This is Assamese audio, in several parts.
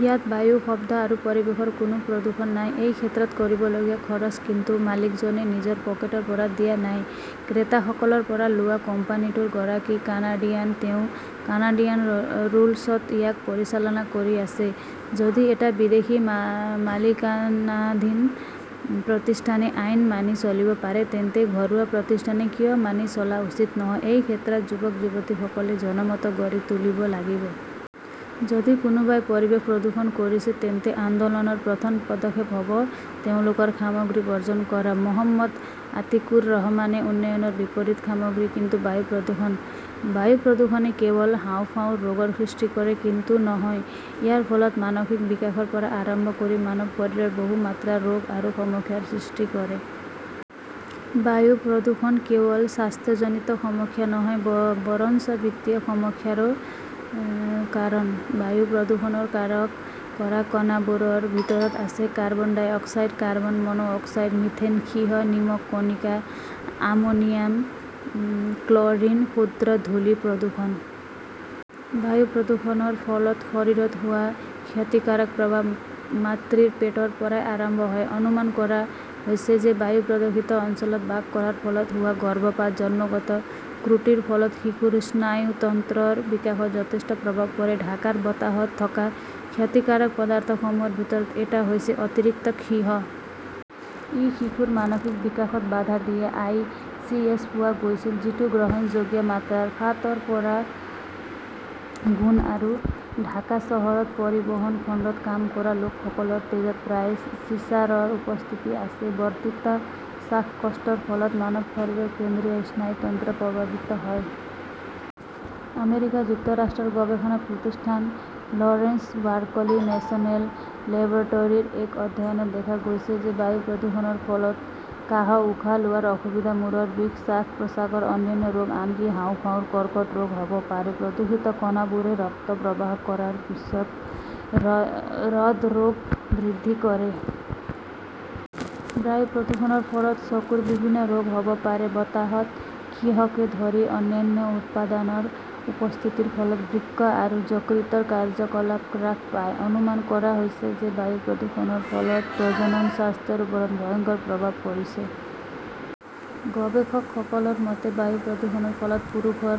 ইয়াত বায়ু, শব্দ আৰু পৰিৱেশৰ কোনো প্ৰদূষণ নাই। এই ক্ষেত্ৰত কৰিবলগীয়া খৰচ, কিন্তু মালিকজনে নিজৰ পকেটৰ পৰা দিয়া নাই। ক্ৰেতাসকলৰ পৰা লোৱা। কোম্পানীটোৰ গৰাকী কানাডিয়ান। তেওঁ কানাডিয়ান ৰুলছত ইয়াক পৰিচালনা কৰি আছে। যদি এটা বিদেশী মালিকানাধীন প্ৰতিষ্ঠানে আইন মানি চলিব পাৰে, তেন্তে ঘৰুৱা প্ৰতিষ্ঠানে কিয় মানি চলা উচিত নহয় এই ক্ষেত্ৰত যুৱক-যুৱতীসকলে জনমত গঢ়ি তুলিব লাগিব। যদি কোনোবাই পৰিৱেশ প্ৰদূষণ কৰিছে, তেন্তে আন্দোলনৰ প্ৰথম পদক্ষেপ হ’ব তেওঁলোকৰ সামগ্ৰী বৰ্জন কৰা। মহম্মদ আতিকুৰ ৰহমানে উন্নয়নৰ বিপৰীত সামগ্ৰী কিন্তু বায়ু প্ৰদূষণ। বায়ু প্ৰদূষণে কেৱল হাঁওফাঁওৰ ৰোগৰ সৃষ্টি কৰে, কিন্তু নহয়। ইয়াৰ ফলত মানসিক বিকাশৰ পৰা আৰম্ভ কৰি মানৱ শৰীৰৰ বহু মাত্ৰাৰ ৰোগ আৰু সমস্যাৰ সৃষ্টি হয়। বায়ু প্ৰদূষণ কেৱল স্বাস্থ্যজনিত সমস্যা নহয় বৰঞ্চ বিত্তীয় সমস্যাৰো কাৰণ। বায়ু প্ৰদূষণৰ কাৰক কৰা কণাবোৰৰ ভিতৰত আছে carbon dioxide, carbon monoxide, methane, সীহ, নিমখ কণিকা, আমোনিয়াম, ক্ল ৰিন, ক্ষুদ্ৰ ধূলি প্ৰদূষণ। বায়ু প্ৰদূষণৰ ফলত শৰীৰত হোৱা ক্ষতিকাৰক প্ৰভাৱ মাতৃৰ পেটৰ পৰাই আৰম্ভ হয়। অনুমান কৰা হৈছে যে বায়ু প্ৰদূষিত অঞ্চলত বাস কৰাৰ ফলত হোৱা গৰ্ভপাত/জন্মগত ত্ৰুটিৰ ফলত শিশুৰ স্নায়ুতন্ত্ৰৰ বিকাশত যথেষ্ট প্ৰভাৱ পৰে। ঢাকাৰ বতাহত থকা ক্ষতিকাৰক পদাৰ্থসমূহৰ ভিতৰত এটা হৈছে অতিৰিক্ত সীহ। ই শিশুৰ মানসিক বিকাশত বাধা দিয়ে। আই. চি. এ. পোৱা গৈছিল, যিটো গ্ৰহণযোগ্য মাত্ৰাৰ সাত ৰ পৰা গুণ। আৰু ঢাকা চহৰত পৰিবহণ খণ্ডত কাম কৰা লোকসকলৰ তেজত প্ৰায় চিছাৰৰ উপস্থিতি আছে। বৰ্ধিত শ্বাসকষ্টৰ ফলত মানৱ শৰীৰৰ কেন্দ্ৰীয় স্নায়ুতন্ত্ৰ প্ৰভাৱিত হয়। আমেৰিকা যুক্তৰাষ্ট্ৰৰ গৱেষণা প্ৰতিষ্ঠান লৰেন্স বাৰ্কলি নেচনেল লেবৰেটৰীৰ এক অধ্যয়নত দেখা গৈছে যে বায়ু প্ৰদূষণৰ ফলত কাহ-উশাহ লোৱাৰ অসুবিধা, মূৰৰ বিষ, শ্বাস-প্ৰশ্বাসৰ অন্যান্য ৰোগ, আনকি হাঁওফাঁওৰ কৰ্কট ৰোগ হ 'ব পাৰে। প্ৰদূষিত কণাবোৰে ৰক্ত প্ৰবাহ কৰাৰ পিছত হৃদৰোগ বৃদ্ধি কৰে। বায়ু প্ৰদূষণৰ ফলত চকুৰ বিভিন্ন ৰোগ হ’ব পাৰে। বতাহত সীহকে ধৰি অন্যান্য উপাদানৰ উপস্থিতিৰ ফলত বৃক্ক আৰু যকৃতৰ কাৰ্য্যকলাপ হ্ৰাস পায়। অনুমান কৰা হৈছে যে বায়ু প্ৰদূষণৰ ফলত প্ৰজনন স্বাস্থ্যৰ ওপৰত ভয়ংকৰ প্ৰভাৱ পৰিছে। গৱেষকসকলৰ মতে, বায়ু প্ৰদূষণৰ ফলত পুৰুষৰ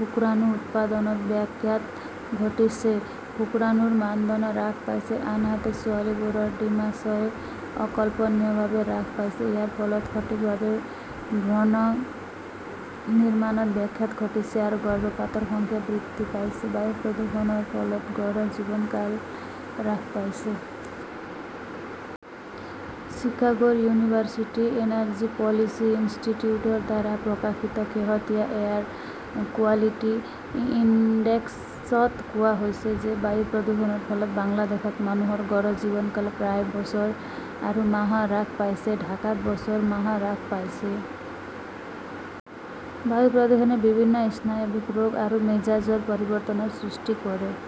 শুক্ৰাণু উৎপাদনত ব্যাঘাত ঘটিছে; শুক্ৰাণুৰ মানদণ্ড হ্ৰাস পাইছে। আনহাতে ছোৱালীবোৰৰ ডিম্বাশয় অকল্পনীয়ভাৱে হ্ৰাস পাইছে। ইয়াৰ ফলত সঠিকভাৱে ভ্ৰূণ নিৰ্মাণত ব্যাঘাত ঘটিছে আৰু গৰ্ভপাতৰ সংখ্যা বৃদ্ধি পাইছে। বায়ু প্ৰদূষণৰ ফলত গড় জীৱনকাল হ্ৰাস পাইছে। চিকাগোৰ ইউনিভাৰ্চিটি এনাৰ্জি পলিচি ইনষ্টিটিউটৰ দ্বাৰা প্ৰকাশিত শেহতীয়া এয়াৰ কোৱালিটি ইনডেক্স ত কোৱা হৈছে যে বায়ু প্ৰদূষণৰ ফলত বাংলাদেশত মানুহৰ গড় জীৱনকাল প্ৰায় বছৰ আৰু মাহ হ্ৰাস পাইছে। ঢাকাত বছৰ মাহ হ্ৰাস পাইছে। বায়ু প্ৰদূষণে বিভিন্ন স্নায়ৱিক ৰোগ আৰু মেজাজৰ পৰিৱৰ্তনৰ সৃষ্টি কৰে ।